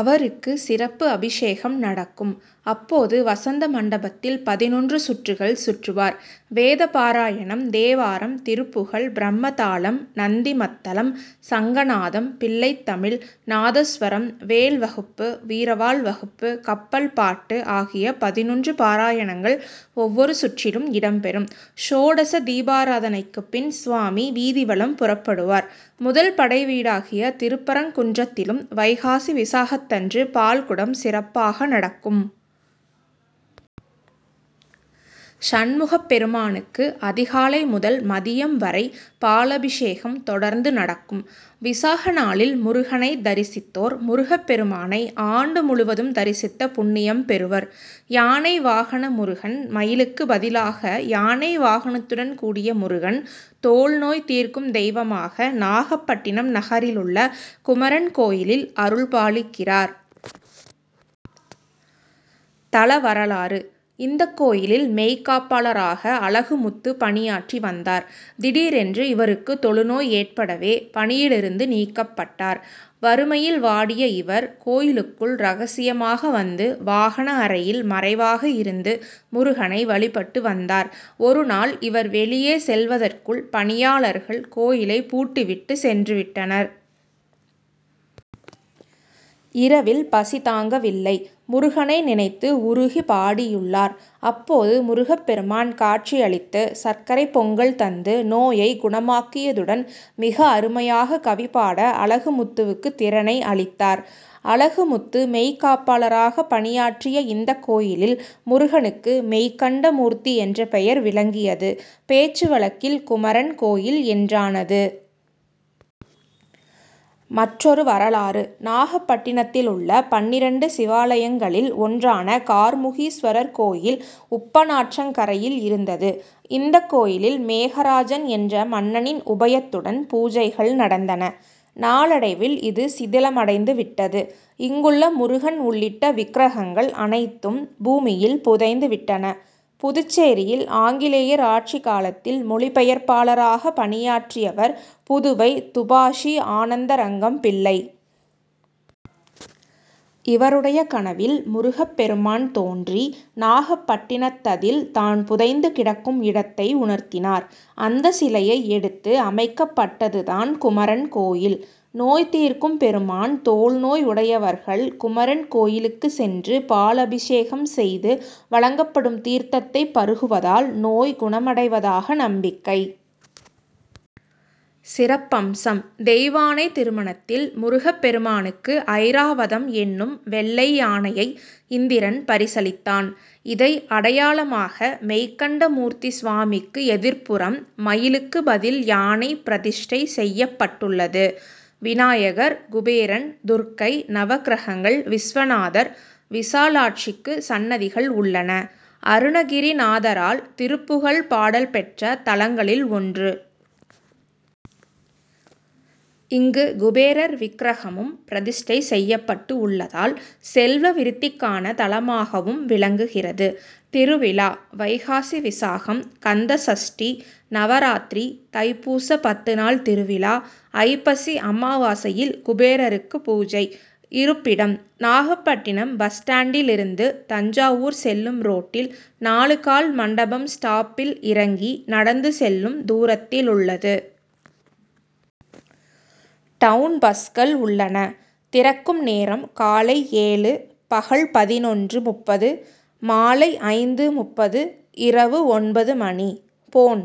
அவருக்கு சிறப்பு அபிஷேகம் நடக்கும். அப்போது வசந்தமண்டபத்தில் பதினொன்று சுற்றுகள் சுற்றுவார். வேதபாராயணம், தேவாரம், திருப்புகழ், பிரம்மதாளம், நந்திமத்தளம், சங்கநாதம், பிள்ளைத்தமிழ், நாதஸ்வரம், வேல்வகுப்பு, வீரவாள் வகுப்பு, கப்பல்பாட்டு ஆகிய பதினொன்று பாராயணங்கள் ஒவ்வொரு சுற்றிலும் இடம்பெறும். க்ஷோடச தீபராதனைக்குப்பின், சுவாமி வீதிவலம் புறப்படுவார். முதல்படைவீடாகிய திருப்பரங்குன்றத்திலும் வைகாசி விசாகத்தன்று பால்குடம் சிறப்பாக நடக்கும். சண்முகப்பெருமானுக்கு அதிகாலை முதல் மதியம் வரை பாலபிஷேகம் தொடர்ந்து நடக்கும். விசாகநாளில் முருகனைத் தரிசித்தோர் முருகப்பெருமானை ஆண்டு முழுவதும் தரிசித்த புண்ணியம் பெறுவர். யானை வாகன முருகன் மயிலுக்குப் பதிலாக யானை வாகனத்துடன் கூடிய முருகன், தோல் நோய் தீர்க்கும் தெய்வமாக நாகப்பட்டினம் நகரிலுள்ள குமரன் கோயிலில் அருள்பாலிக்கிறார். தல வரலாறு இந்தக் கோயிலில் மெய்க்காப்பாளராக அழகுமுத்து பணியாற்றி வந்தார். திடீரென்று இவருக்கு தொழுநோய் ஏற்படவே, பணியிலிருந்து நீக்கப் பட்டார். வறுமையில் வாடிய இவர், கோயிலுக்குள் ரகசியமாக வந்து, வாகன அறையில் மறைவாக இருந்து முருகனை வழிபட்டு வந்தார். ஒருநாள், இவர் வெளியே செல்வதற்குள், பணியாளர்கள் கோயிலை பூட்டிவிட்டு சென்றுவிட்டனர். இரவில் பசி தாங்கவில்லை. முருகனை நினைத்து உருகி பாடியுள்ளார். அப்போது முருகப்பெருமான் காட்சி அளித்து சர்க்கரை பொங்கல் தந்து, நோயைக் குணமாக்கியதுடன், மிக அருமையாக கவிபாட அழகுமுத்துவுக்கு திறனை அளித்தார். அழகுமுத்து மெய்க்காப்பாளராக பணியாற்றிய இந்தக் கோயிலில், முருகனுக்கு மெய்கண்டமூர்த்தி என்ற பெயர் விளங்கியது. பேச்சு வழக்கில் குமரன் கோயில் என்றானது. மற்றொரு வரலாறு நாகப்பட்டினத்திலுள்ள பன்னிரண்டு சிவாலயங்களில் ஒன்றான கார்முகீஸ்வரர் கோயில் உப்பனாற்றங்கரையில் இருந்தது. இந்த கோயிலில் மேகராஜன் என்ற மன்னனின் உபயத்துடன் பூஜைகள் நடந்தன. நாளடைவில் இது சிதிலமடைந்து விட்டது. இங்குள்ள முருகன் உள்ளிட்ட விக்ரகங்கள் அனைத்தும் பூமியில் புதைந்து விட்டன. புதுச்சேரியில் ஆங்கிலேயர் ஆட்சி காலத்தில் மொழி பெயர்ப்பாளராக பணியாற்றியவர் புதுவை துபாஷி ஆனந்தரங்கம்பிள்ளை. இவருடைய கனவில் முருகப்பெருமான் தோன்றி, நாகப்பட்டினத்ததில், தான் புதைந்து கிடக்கும் இடத்தை உணர்த்தினார். அந்த சிலையை எடுத்து அமைக்கப்பட்டது தான் குமரன் கோயில். நோய் தீர்க்கும் பெருமான் தோல்நோய் உடையவர்கள் குமரன் கோயிலுக்கு சென்று பால் அபிஷேகம் செய்து வழங்கப்படும் தீர்த்தத்தை பருகுவதால் நோய் குணமடைவதாக நம்பிக்கை. சிறப்பம்சம் தெய்வானை திருமணத்தில் முருகப் பெருமானுக்கு ஐராவதம் என்னும் வெள்ளை யானையை இந்திரன் பரிசளித் தான், இதை அடையாளமாக மெய்கண்ட மூர்த்தி சுவாமிக்கு எதிர்ப்புறம், மயிலுக்கு பதில் யானை பிரதிஷ்டை செய்யப் பட்டுள்ளது. விநாயகர், குபேரன், துர்க்கை, நவக்கிரகங்கள், விஸ்வநாதர், விசாலாட்சிக்கு சன்னதிகள் உள்ளன. அருணகிரிநாதரால் திருப்புகழ் பாடல் பெற்ற தலங்களில் ஒன்று. இங்கு குபேரர் விக்ரகமும் பிரதிஷ்டை செய்யப் பட்டு உள்ளதால் செல்வவிருத்திக்கான தலமாகவும் விளங்குகிறது. திருவிழா வைகாசி விசாகம், கந்தசஷ்டி, நவராத்திரி, தைப்பூச பத்து நாள் திருவிழா, ஐப்பசி அமாவாசையில் குபேரருக்கு பூஜை. இருப்பிடம் நாகப்பட்டினம் பஸ் ஸ்டாண்டிலிருந்து தஞ்சாவூர் செல்லும் ரோட்டில் நாலுகால் மண்டபம் ஸ்டாப்பில் இறங்கி நடந்து செல்லும் தூரத்திலுள்ளது. டவுன் பஸ்கள் உள்ளன. திறக்கும் நேரம் காலை ஏழு- பகல் பதினொன்று.முப்பது, மாலை ஐந்து.முப்பது- இரவு ஒன்பது மணி. போன்,